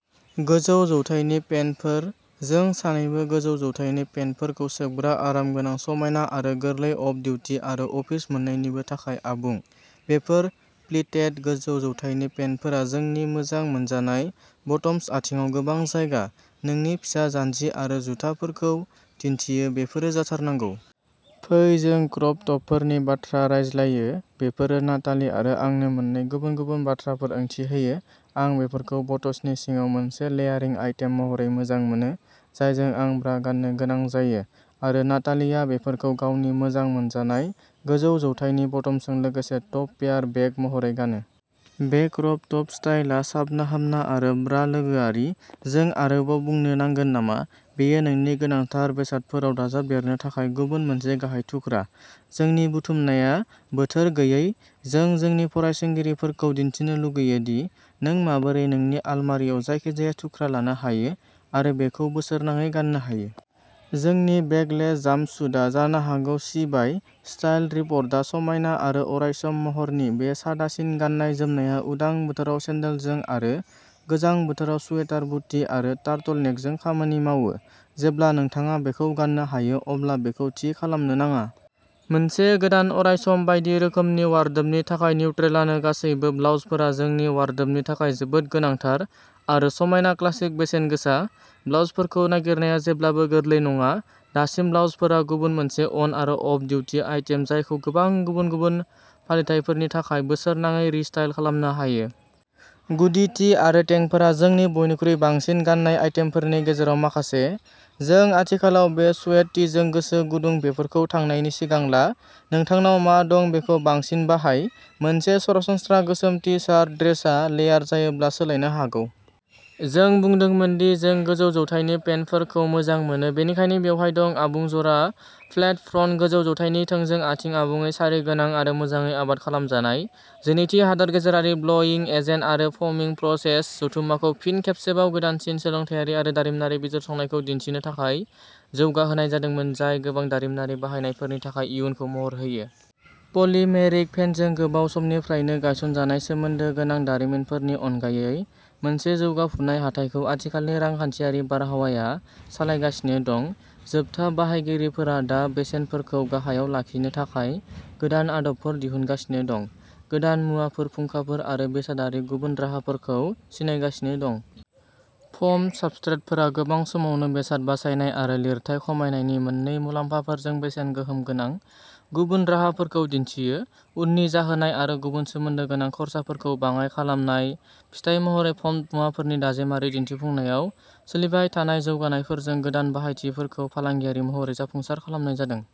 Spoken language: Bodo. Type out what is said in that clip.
गोजौ जौथायनि पेन्टफोर। जों सानैबो गोजौ जौथायनि पेन्टफोरखौ सोबग्रा। आरामगोनां, समायना आरो गोरलै, अफ डिउटि आरो अफिस मोन्नैनिबो थाखाय आबुं, बेफोर प्लिटेड गोजौ जौथायनि पेन्टफोरा जोंनि मोजां मोनजानाय ब'टम्स। आथिंआव गोबां जायगा, नोंनि फिसा जानजि आरो जुथाफोरखौ दिन्थियो, बेफोरो जाथारनांगौ। फै जों क्रप टपफोरनि बाथ्रा रायज्लायो। बेफोरो नाताली आरो आंनो मोननै गुबुन-गुबुन बाथ्राफोर ओंथि होयो। आं बेफोरखौ ब'ट्सनि सिङाव मोनसे लेयारिं आइटेम महरै मोजां मोनो, जायजों आं ब्रा गान्नो गोनां जायो आरो नातालीआ बेफोरखौ गावनि मोजां मोनजानाय गोजौ जौथायनि ब'टम्सजों लोगोसे टप पेयार बेक महरै गानो। बे क्रप टप स्टाइलआ साबनाहामना आरो ब्रा लोगोआरि। जों आरोबाव बुंनो नांगोन नामा? बेयो नोंनि गोनांथार बेसादफोराव दाजाबदेरनो थाखाय गुबुन मोनसे गाहाय थुख्रा। जोंनि बुथुमनाया बोथोर गैयै। जों जोंनि फरायसंगिरिफोरखौ दिन्थिनो लुगैयो दि नों माबोरै नोंनि आलमारिआव जायखिजाया थुख्रा लानो हायो आरो बेखौ बोसोरनाङै गान्नो हायो। जोंनि बेकलेस जाम्पसुटआ जानो हागौ सि बाइ स्टाइल रिपर्टआ समायना आरो अरायसम महरनि। बे सादासिन गाननाय जोमनाया उदां बोथोराव सेन्देलजों आरो गोजां बोथोराव स्वेटार, बुटि आरो टार्टलनेकजों खामानि मावो। जेब्ला नोंथाङा बेखौ गान्नो हायो अब्ला बेखौ थि खालामनो नाङा। मोनसे गोदान, अरायसम, बायदि रोखोमनि वार्ड्रोबनि थाखाय निउट्रेलानो गासैबो। ब्लाउजफोरा जोंनि वार्ड्रोबनि थाखाय जोबोद गोनांथार, आरो समायना, क्लासिक, बेसेनगोसा ब्लाउजफोरखौ नागिरनाया जेब्लाबो गोरलै नङा। दासिम ब्लाउजफोरा गुबुन मोनसे अन आरो अफ डिउटि आइटेम जायखौ गोबां गुबुन-गुबुन फालिथायफोरनि थाखाय बोसोरनाङै रिस्टाइल खालामनो हायो। गुदि टि आरो टेंकफोरा जोंनि बयनिख्रुइ बांसिन गान्नाय आइटेमफोरनि गेजेराव माखासे। जों आथिखालाव बे स्वेट टिजों गोसो गुदुं। बेफोरखौ थांनायनि सिगां ला, नोंथांनाव मा दं बेखौ बांसिन बाहाय। मोनसे सरासनस्रा गोसोम टि शार्ट ड्रेसआ लेयार जायोब्ला सोलायनो हागौ। जों बुंदोंमोन दि जों गोजौ जौथायनि पेन्टफोरखौ मोजां मोनो, बेनिखायनो बेवहाय दं आबुं जरा, फ्लेट फ्रन्ट, गोजौ जौथायनि थोंजों आथिं, आबुङै सारि गोनां आरो मोजाङै आबाद खालामजानाय। जिनैथि हादोर गेजेरारि ब्ल'इं एजेन्ट आरो फ'मिं प्रसेस जथुम्माखौ फिन खेबसेबाव गोदानसिन सोलोंथायारि आरो दारिमिनारि बिजिरसंनायखौ दिन्थिनो थाखाय जौगाहोनाय जादोंमोन, जाय गोबां दारिमिनारि बाहायनायफोरनि थाखाय इयुनखौ महर होयो। पलिमेरिक फेनजों गोबाव समनिफ्रायनो गायसनजानाय सोमोन्दो गोनां दारिमिनफोरनि अनगायै मोनसे जौगाफुनाय हाथाइखौ आथिखालनि रांखान्थियारि बारहावाया सालायगासिनो दं। जोबथा बाहायगिरिफोरा दा बेसेनफोरखौ गाहायाव लाखिनो थाखाय गोदान आदबफोर दिहुनगासिनो दं, गोदान मुवाफोर, फुंखाफोर आरो बेसादारि गुबुन राहाफोरखौ सिनायगासिनो दं। फ'म्ड साबस्ट्रेटफोरा गोबां समावनो बेसाद बासायनाय आरो लिरथाइ खमायनायनि मोन्नै मुलाम्फाफोरजों बेसेन गोहोम गोनां गुबुन राहाफोरखौ दिन्थियो। उननि जाहोनाय आरो गुबुन सोमोन्दो गोनां खर्साफोरखौ बाङाइ खालामनाय, फिथाय महरै फ'म्ड मुवाफोरनि दाजेमारि दिन्थिफुंनायाव सोलिबाय थानाय जौगानायफोरजों गोदान बाहायथिफोरखौ फालांगियारि महरै जाफुंसार खालामनाय जादों।